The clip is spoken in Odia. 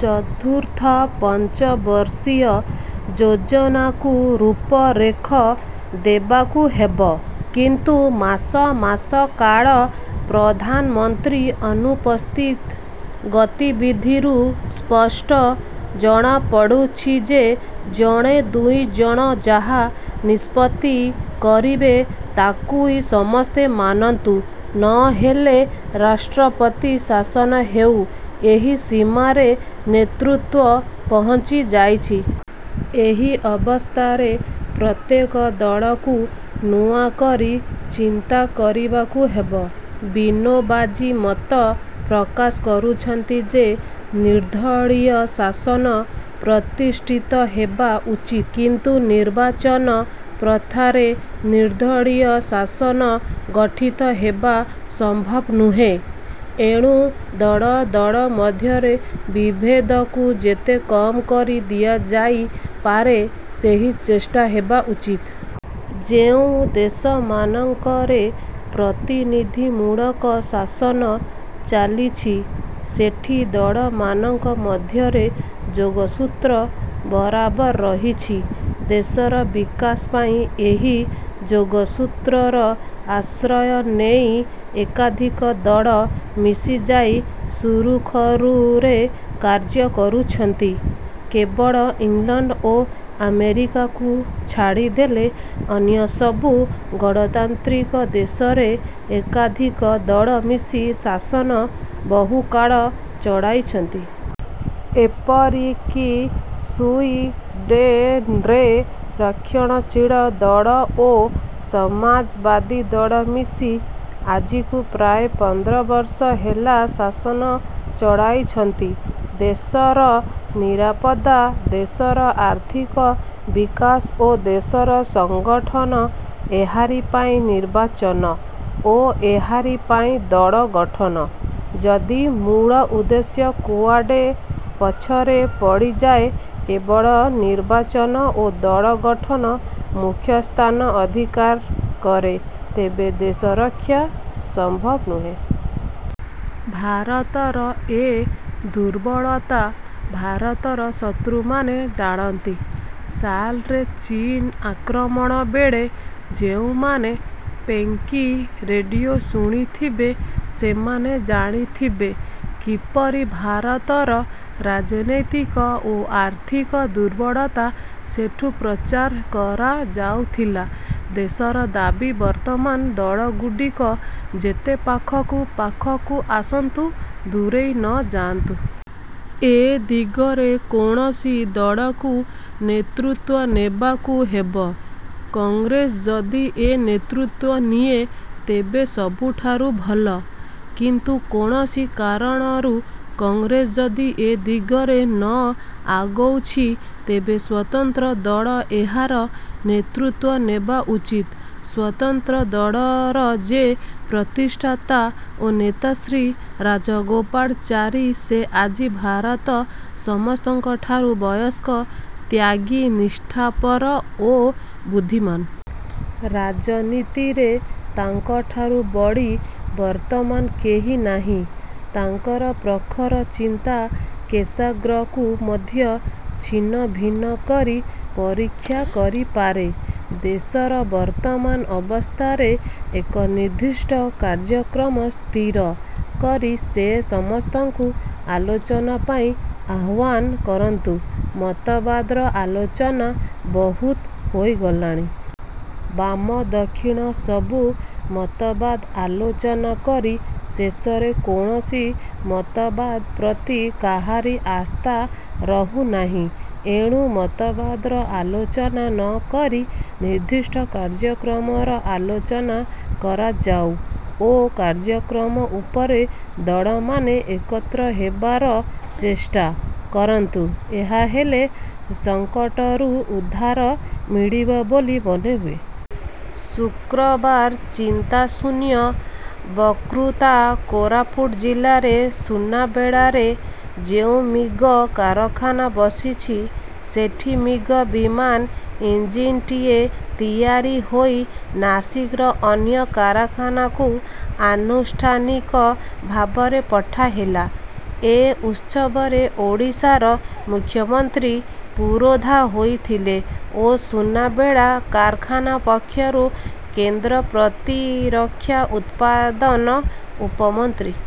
ଚତୁର୍ଥ ପଞ୍ଚବର୍ଷୀୟ ଯୋଜନାକୁ ରୂପରେଖ ଦେବାକୁ ହେବ; କିନ୍ତୁ ମାସ ମାସ କାଳ ପ୍ରଧାନମନ୍ତ୍ରୀ ଅନୁପସ୍ଥିତ। ଗତିବିଧିରୁ ସ୍ପଷ୍ଟ ଜଣାପଡ଼ୁଛି ଯେ, ଜଣେ ଦୁଇଜଣ ଯାହା ନିଷ୍ପତ୍ତି କରିବେ, ତାକୁଇ ସମସ୍ତେ ମାନନ୍ତୁ; ନ ହେଲେ ରାଷ୍ଟ୍ରପତି ଶାସନ ହେଉ, ଏହି ସୀମାରେ ନେତୃତ୍ୱ ପହଞ୍ଚି ଯାଇଛି। ଏହି ଅବସ୍ଥାରେ ପ୍ରତ୍ୟେକ ଦଳକୁ ନୂଆକରି ଚିନ୍ତା କରିବାକୁ ହେବ। ବିନୋବାଜୀ ମତ ପ୍ରକାଶ କରୁଛନ୍ତି ଯେ ନିର୍ଦ୍ଦଳୀୟ ଶାସନ ପ୍ରତିଷ୍ଠିତ ହେବା ଉଚିତ; କିନ୍ତୁ ନିର୍ବାଚନ ପ୍ରଥାରେ ନିର୍ଦ୍ଦଳୀୟ ଶାସନ ଗଠିତହେବା ସମ୍ଭବ ନୁହେଁ। ଏଣୁ ଦଳ ଦଳ ମଧ୍ୟରେ ବିଭେଦକୁ ଯେତେ କମ୍ କରି ଦିଆଯାଇ ପାରେ; ସେହି ଚେଷ୍ଟା ହେବା ଉଚିତ। ଯେଉଁ ଦେଶମାନଙ୍କରେ ପ୍ରତିନିଧିମୂଳକ ଶାସନ ଚାଲିଛି, ସେଠି ଦଳମାନଙ୍କ ମଧ୍ୟରେ ଯୋଗସୂତ୍ର ବରାବର ରହିଛି। ଦେଶର ବିକାଶ ପାଇଁ ଏହି ଯୋଗସୂତ୍ରର ଆଶ୍ରୟ ନେଇ ଏକାଧିକ ଦଳ ମିଶିଯାଇ ସୁରୁଖରୁରେ କାର୍ଯ୍ୟ କରୁଛନ୍ତି। କେବଳ ଇଂଲଣ୍ଡ ଓ ଆମେରିକାକୁ ଛାଡ଼ିଦେଲେ ଅନ୍ୟ ସବୁ ଗଣତାନ୍ତ୍ରିକ ଦେଶରେ ଏକାଧିକ ଦଳ ମିଶି ଶାସନ ବହୁକାଳ ଚଳାଇଛନ୍ତି। ଏପରିକି ସୁଇଡ଼େନ୍ରେ ରକ୍ଷଣଶୀଳ ଦଳ ଓ ସମାଜବାଦୀ ଦଳ ମିଶି ଆଜିକୁ ପ୍ରାୟ ପନ୍ଦର ବର୍ଷ ହେଲା ଶାସନ ଚଳାଇଛନ୍ତି। ଦେଶର ନିରାପତ୍ତା, ଦେଶର ଆର୍ଥିକ ବିକାଶ ଓ ଦେଶର ସଂଗଠନ ଏହାରି ପାଇଁ ନିର୍ବାଚନ ଓ ଏହାରି ପାଇଁ ଦଳ ଗଠନ। ଯଦି ମୂଳ ଉଦ୍ଦେଶ୍ୟ କୁଆଡ଼େ ପଛରେ ପଡ଼ିଯାଏ, କେବଳ ନିର୍ବାଚନ ଓ ଦଳ ଗଠନ ମୁଖ୍ୟସ୍ଥାନ ଅଧିକାର କରେ, ତେବେ ଦେଶରକ୍ଷା ସମ୍ଭବ ନୁହେଁ। ଭାରତର ଏ ଦୁର୍ବଳତା ଭାରତର ଶତ୍ରୁମାନେ ଜାଣନ୍ତି। ସାଲରେ ଚୀନ ଆକ୍ରମଣବେଳେ ଯେଉଁମାନେ ପେକିଂ ରେଡ଼ିଓ ଶୁଣିଥିବେ, ସେମାନେ ଜାଣିଥିବେ, କିପରି ଭାରତର ରାଜନୈତିକ ଓ ଆର୍ଥିକ ଦୁର୍ବଳତା ସେଠୁଁ ପ୍ରଚାର କରାଯାଉଥିଲା। ଦେଶର ଦାବି ବର୍ତ୍ତମାନ ଦଳଗୁଡ଼ିକ ଯେତେ ପାଖକୁ ପାଖକୁ ଆସନ୍ତୁ, ଦୂରେଇ ନ ଯାଆନ୍ତୁ। ଏ ଦିଗରେ କୌଣସି ଦଳକୁ ନେତୃତ୍ୱ ନେବାକୁ ହେବ। କଂଗ୍ରେସ ଯଦି ଏ ନେତୃତ୍ୱ ନିଏ, ତେବେ ସବୁଠାରୁ ଭଲ; କିନ୍ତୁ କୌଣସି କାରଣରୁ କଂଗ୍ରେସ ଯଦି ଏ ଦିଗରେ ନ ଆଗୋଉଛି, ତେବେ ସ୍ୱତନ୍ତ୍ର ଦଳ ଏହାର ନେତୃତ୍ୱ ନେବା ଉଚିତ। ସ୍ୱତନ୍ତ୍ର ଦଳର ଯେ ପ୍ରତିଷ୍ଠାତା ଓ ନେତା ଶ୍ରୀ ରାଜଗୋପାଳଚାରୀ, ସେ ଆଜି ଭାରତର ସମସ୍ତଙ୍କଠାରୁ ବୟସ୍କ, ତ୍ୟାଗୀ, ନିଷ୍ଠାପର ଓ ବୁଦ୍ଧିମାନ। ରାଜନୀତିରେ ତାଙ୍କଠାରୁ ବଳି ବର୍ତ୍ତମାନ କେହି ନାହିଁ। ତାଙ୍କର ପ୍ରଖର ଚିନ୍ତା କେଶାଗ୍ରକୁ ମଧ୍ୟ ଛିନ୍ନଭିନ୍ନ କରି ପରୀକ୍ଷା କରିପାରେ। ଦେଶର ବର୍ତ୍ତମାନ ଅବସ୍ଥାରେ ଏକ ନିର୍ଦ୍ଦିଷ୍ଟ କାର୍ଯ୍ୟକ୍ରମ ସ୍ଥିର କରି ସେ ସମସ୍ତଙ୍କୁ ଆଲୋଚନା ପାଇଁ ଆହ୍ୱାନ କରନ୍ତୁ। ମତବାଦର ଆଲୋଚନା ବହୁତ ହୋଇଗଲାଣି। ବାମ ଦକ୍ଷିଣ ସବୁ ମତବାଦ ଆଲୋଚନା କରି ଶେଷରେ କୌଣସି ମତବାଦ ପ୍ରତି କାହାରି ଆସ୍ଥା ରହୁନାହିଁ। ଏଣୁ ମତବାଦର ଆଲୋଚନା ନକରି ନିର୍ଦ୍ଦିଷ୍ଟ କାର୍ଯ୍ୟକ୍ରମର ଆଲୋଚନା କରାଯାଉ ଓ କାର୍ଯ୍ୟକ୍ରମ ଉପରେ ଦଳମାନେ ଏକତ୍ର ହେବାର ଚେଷ୍ଟା। କରନ୍ତୁ। ଏହା ହେଲେ ସଂକଟରୁ ଉଦ୍ଧାର ମିଳିବ ବୋଲି ମନେହୁଏ। ଶୁକ୍ରବାର ଚିନ୍ତାଶୂନ୍ୟ ବକ୍ତୃତା କୋରାପୁଟ ଜିଲ୍ଲାରେ ସୁନାବେଡ଼ାରେ ଯେଉଁ ମିଗ କାରଖାନା ବସିଛି, ସେଠି ମିଗ୍ ବିମାନ ଇଞ୍ଜିନଟିଏ ତିଆରି ହୋଇ ନାସିକର ଅନ୍ୟ କାରଖାନାକୁ ଆନୁଷ୍ଠାନିକ ଭାବରେ ପଠାହେଲା। ଏ ଉତ୍ସବରେ ଓଡ଼ିଶାର ମୁଖ୍ୟମନ୍ତ୍ରୀ ପୁରୋଧା ହୋଇଥିଲେ ଓ ସୁନାବେଡ଼ା କାରଖାନା ପକ୍ଷରୁ କେନ୍ଦ୍ର ପ୍ରତିରକ୍ଷା ଉତ୍ପାଦନ ଉପମନ୍ତ୍ରୀ